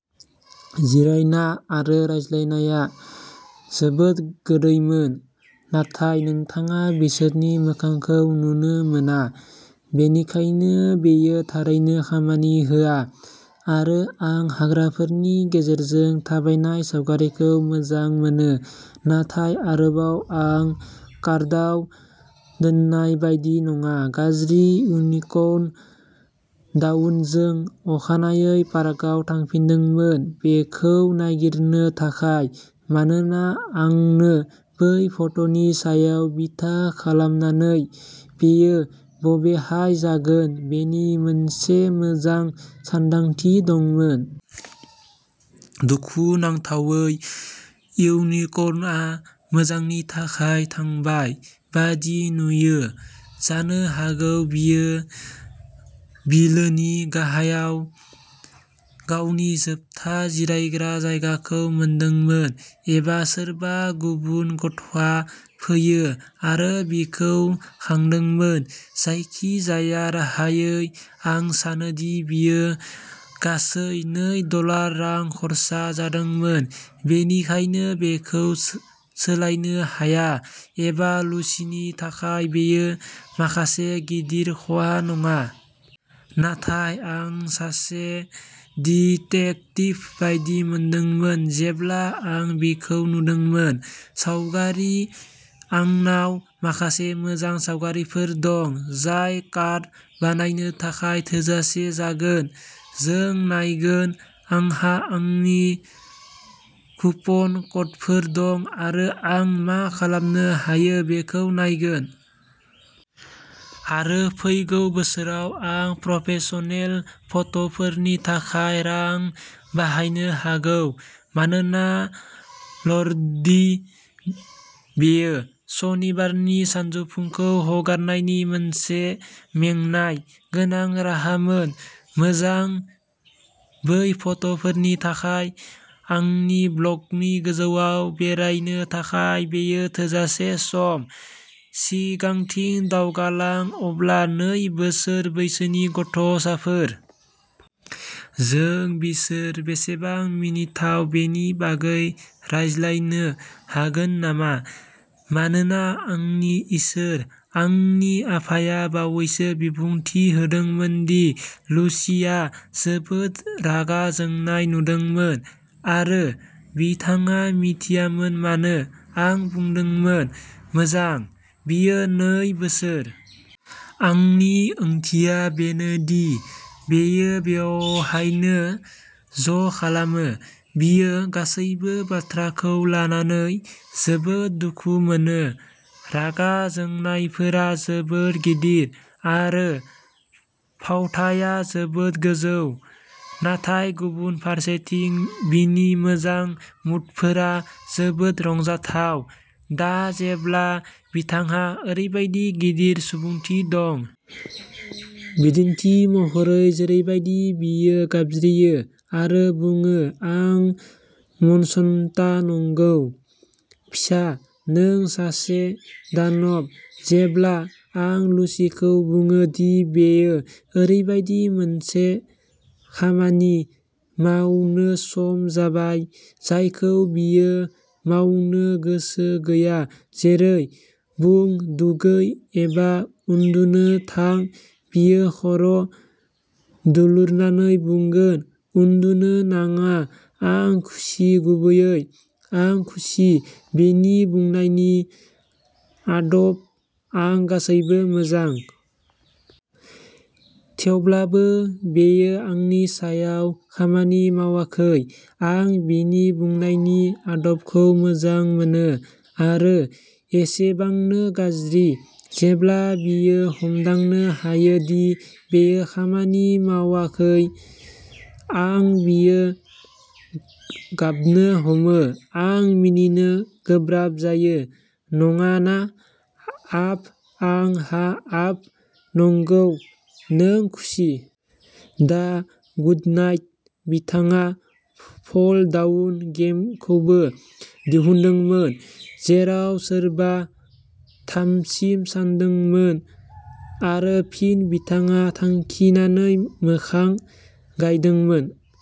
जिरायना आरो रायज्लायनाया जोबोद गोदैमोन, नाथाय नोंथाङा बिसोरनि मोखांखौ नुनो मोना, बेनिखायनो बेयो थारैनो खामानि होआ। आरो आं हाग्राफोरनि गेजेरजों थाबायनाय सावगारिखौ मोजां मोनो, नाथाय आरोबाव आं कार्डआव दोननाय बायदि नङा। गाज्रि इउनिकर्न डाउन जों अखानायै पार्कआव थांफिनदोंमोन बेखौ नागिरनो थाखाय, मानोना आंनो बै फट'नि सायाव बिथा खालामनानै बेयो बबेहाय जागोन बेनि मोनसे मोजां सानदांथि दंमोन। दुखुनांथावै, इउनिकर्नआ मोजांनि थाखाय थांबाय बायदि नुयो जानो हागौ बियो बिलोनि गाहायाव गावनि जोबथा जिरायग्रा जायगाखौ मोनदोंमोन एबा सोरबा गुबुन गथ'आ फैयो आरो बिखौ खांदोंमोन। जायखिजाया राहायै, आं सानोदि बियो गासै नै डलार रां खर्सा जादोंमोन, बेनिखायनो बेखौ सोलायनो हाया एबा लुसिनि थाखाय बेयो माखासे गिदिर खहा नङा। नाथाय आं सासे डिटेक्टिभ बायदि मोनदोंमोन जेब्ला आं बिखौ नुदोंमोन। सावगारि आंनाव माखासे मोजां सावगारिफोर दं, जाय कार्ड बानायनो थाखाय थोजासे जागोन। जों नायगोन आंहा आंनि कुपन क'डफोर दं आरो आं मा खालामनो हायो बेखौ नायगोन। आरो फैगौ बोसोराव, आं प्रफेशनेल फट'फोरनि थाखाय रां बाहायनो हागौ। मानोना ल'र्डि, बेयो सनिबारनि सानजौफुखौ हगारनायनि मोनसे मेंनाय गोनां राहामोन। मोजां, बै फट'फोरनि थाखाय आंनि ब्लगनि गोजौआव बेरायनो थाखाय बेयो थोजासे सम। सिगांथिं दावगालां अब्ला नै बोसोर बैसोनि गथ'साफोर। जों बिसोर बेसेबां मिनिथाव बेनि बागै रायज्लायनो हागोन नामा? मानोना आंनि इसोर। आंनि आफाया बावैसो बिबुंथि होदोंमोन दि लुसिआ जोबोद रागा जोंनाय नुदोंमोन आरो बिथाङा मिथियामोन मानो। आं बुंदोंमोन, मोजां। बियो नै बोसोर। आंनि ओंथिया बेनो दि बेयो बेवहायनो ज'खालामो। बियो गासैबो बाथ्राखौ लानानै जोबोद दुखु मोनो। रागा जोंनायफोरा जोबोद गिदिर, आरो फावथाया जोबोद गोजौ। नाथाय गुबुन फारसेथिं, बिनि मोजां मुडफोरा जोबोद रंजाथाव। दा जेब्ला बिथांहा ओरैबायदि गिदिर सुबुंथि दं। बिदिन्थि महरै जेरैबादि बियो गाबज्रियो आरो बुङो, आं मन्सता नंगौ, फिसा, नों सासे दानब। जेब्ला आं लुसिखौ बुङो दि बेयो ओरैबायदि मोनसे खामानि मावनो सम जाबाय जायखौ बियो मावनो गोसो गैया जेरै, बुं, दुगै एबा उन्दुनो थां बियो खर' दुलुरनानै बुंगोन, उन्दुनो नाङा आं खुसि गुबैयै, आं खुसि बिनि बुंनायनि आदब आं गासैबो मोजां। थेवब्लाबो बेयो आंनि सायाव खामानि मावाखै, आं बिनि बुंनायनि आदबखौ मोजां मोनो। आरो एसेबांनो गाज्रि, जेब्ला बियो हमदांनो हायो दि बेयो खामानि मावाखै आरो बियो गाबनो हमो, आं मिनिनो गोब्राब जायो। नङा ना आप आं हा आप नंगौ, नों खुसि। दा गुडनाइट। बिथाङा फल-डाउन गेम खौबो दिहुनदोंमोन, जेराव सोरबा थामसिम सानदोंमोन आरो फिन बिथाङा थांखिनानै मोखां गायदोंमोन।